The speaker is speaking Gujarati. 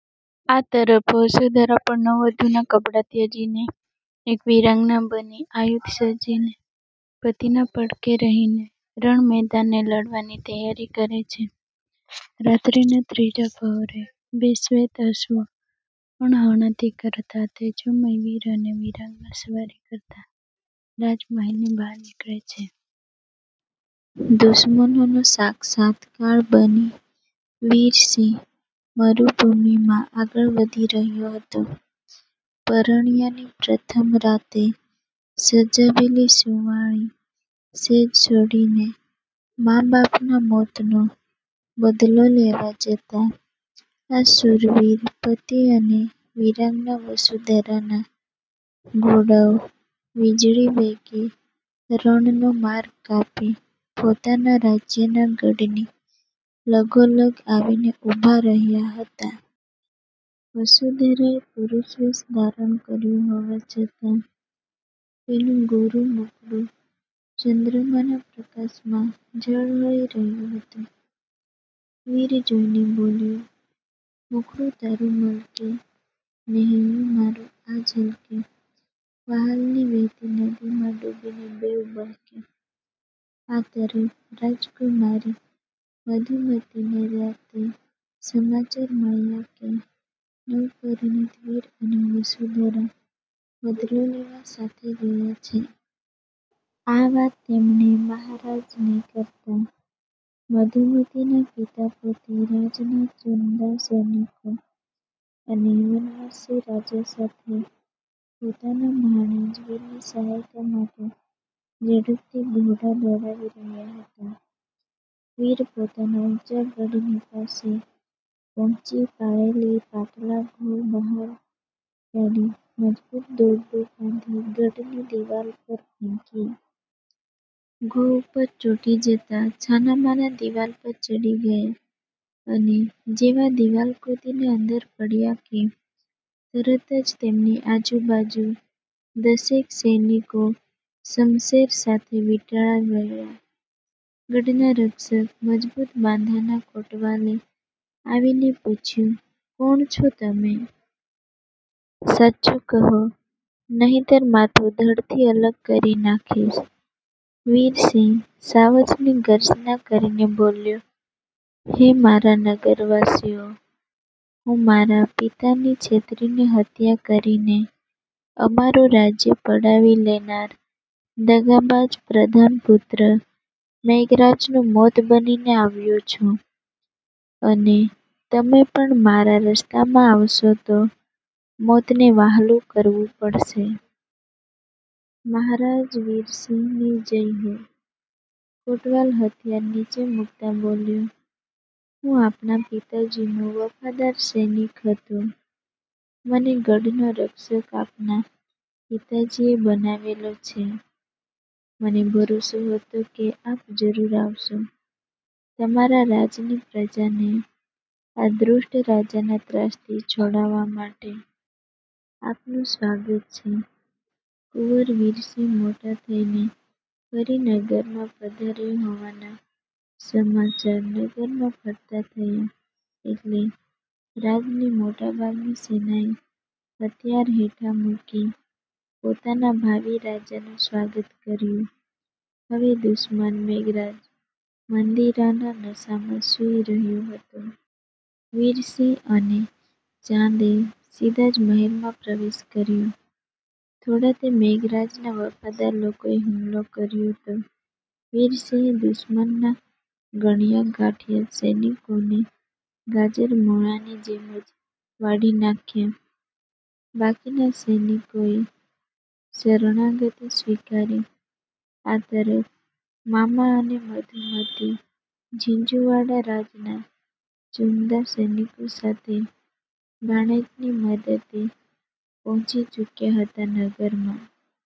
આ તરફ વસુંધરા પણ નવવધૂના કપડાં ત્યજીને એક વીરાંગના બની આયુધ સજીને પતિના પડખે રહીને રણમેદાને લડવાની તૈયારી કરે છે. રાત્રીના ત્રીજા પહોરે બે શ્વેત અશ્વો હણહણાતી કરતાં તેજોમય વીર અને વીરાંગના સવારી કરતાં રાજમહેલની બહાર નીકળે છે. દુશ્મનોનો સાક્ષાત કાળ બની વીરસિંહ મરુભૂમિમાં આગળ વધી રહયો હતો. પરણ્યાની પ્રથમ રાતે સજાવેલી સુંવાળી સેજ છોડીને મા બાપનાં મોતનો બદલો લેવા જતાં આ શૂરવીર પતિ અને વીરાંગના વસુંધરાનાં ઘોડાઓ વીજળી વેગે રણનો માર્ગ કાપી પોતાનાં રાજ્યનાં ગઢની લગોલગ આવીને ઊભાં રહ્યાં હતાં. વસુંધરે પુરુષવેશ ધારણ કર્યોં હોવા છતાં તેનું ગોરું મુખડું ચન્દ્રમાંના પ્રકાશમાં ઝળહળી રહ્યુ હતું. વીર જોઈને બોલ્યો,"મુખડું તારુ મલકે, ને હૈયું મારુ આ છલકે વ્હાલની વહેતી નદીમાં ડૂબીને બેઉં બહેકે." આ તરફ રાજકુમારી મધુમતીને રાત્રે સમાચાર મળ્યાં કે નવપરણિત વીર અને વસુંધરા બદલો લેવા સાથે ગયાં છે. આ વાત તેમણે મહારાજને કરતાં મધુમતીના પિતા પોતે રાજનાં ચુનંદા સૈનિકો અને વનવાસી રાજા સાથે પોતાનાં ભાણેજ વીરની સહાયતા માટે ઝડપથી ઘોડા દોડાવી રહ્યાં હતાં. વીર પોતાનાં ઊંચા ગઢની પાસે પહોંચી પાળેલી પાટલા ઘો બહાર કાઢી મજબૂત દોરડું બાંધી ગઢની દીવાલ પર ફેંકી. ઘો ઉપર ચોંટી જતાં છાનાંમાના દીવાલ પર ચડી ગયાં અને જેવાં દીવાલ કૂદીને અંદર પડ્યાં કે તરત જ તેમની આજુબાજુ દશેક સૈનિકો શમશેર સાથે વીંટળાઈ વળ્યાં. ગઢનાં રક્ષક મજબૂત બાંધાના કોટવાલે આવીને પૂછ્યું,"કોણ છો તમે? સાચું કહો, નહીતર માથું ધડથી અલગ કરી નાખીશ." વીરસિંહ સાવજની ગર્જના કરીને બોલ્યો,"હે મારાં નગરવાસીઓ હું મારાં પિતાની છેતરીને હત્યા કરીને અમારું રાજ્ય પડાવી લેનાર દગાબાજ પ્રધાનપુત્ર મેઘરાજનું મોત બનીને આવ્યો છું. અને તમે પણ મારાં રસ્તામાં આવશો તો મોતને વહાલું કરવું પડશે." "મહારાજ વીરસિંહની જય હો." કોટવાલ હથિયાર નીચે મૂકતાં બોલ્યો,"હું આપણા પિતાજીનો વફાદાર સૈનિક હતો, મને ગઢનો રક્ષક આપનાં પિતાજીએ બનાવેલો છે. મને ભરોસો હતો કે આપ જરૂર આવશો, તમારાં રાજની પ્રજાને આ દ્રુષ્ટ રાજાનાં ત્રાસથી છોડાવવા માટે. આપનું સ્વાગત છે." કુંવર વીરસિંહ મોટા થઈને ફરી નગરમાં પધાર્યા હોવાના સમાચાર નગરમાં ફરતાં થયાં એટલે રાજની મોટાભાગની સેનાએ હથિયાર હેઠા મૂકી પોતાનાં ભાવી રાજાનું સ્વાગત કર્યુ. હવે દુશ્મન મેઘરાજ મંદિરાના નશામાં સુઈ રહયો હતો. વીરસિંહ અને ચાંદ એ સીધાં જ મહેલમાં પ્રવેશ કર્યોં, થોડાં તે મેઘરાજનાં વફાદાર લોકોએ હુમલો કર્યોં તો વીરસિંહે દુશ્મનનાં ગણ્યાં ગાંઠ્યા સૈનિકોને ગાજર મૂળાની જેમ જ વાઢી નાખ્યાં. બાકીનાં સૈનિકોએ શરણાગતિ સ્વીકારી. આ તરફ મામા અને મધુમતી ઝીંઝુવાડા રાજનાં ચુનંદા સૈનિકો સાથે ભાણેજની મદદે પહોંચી ચુક્યા હતાં નગરમાં.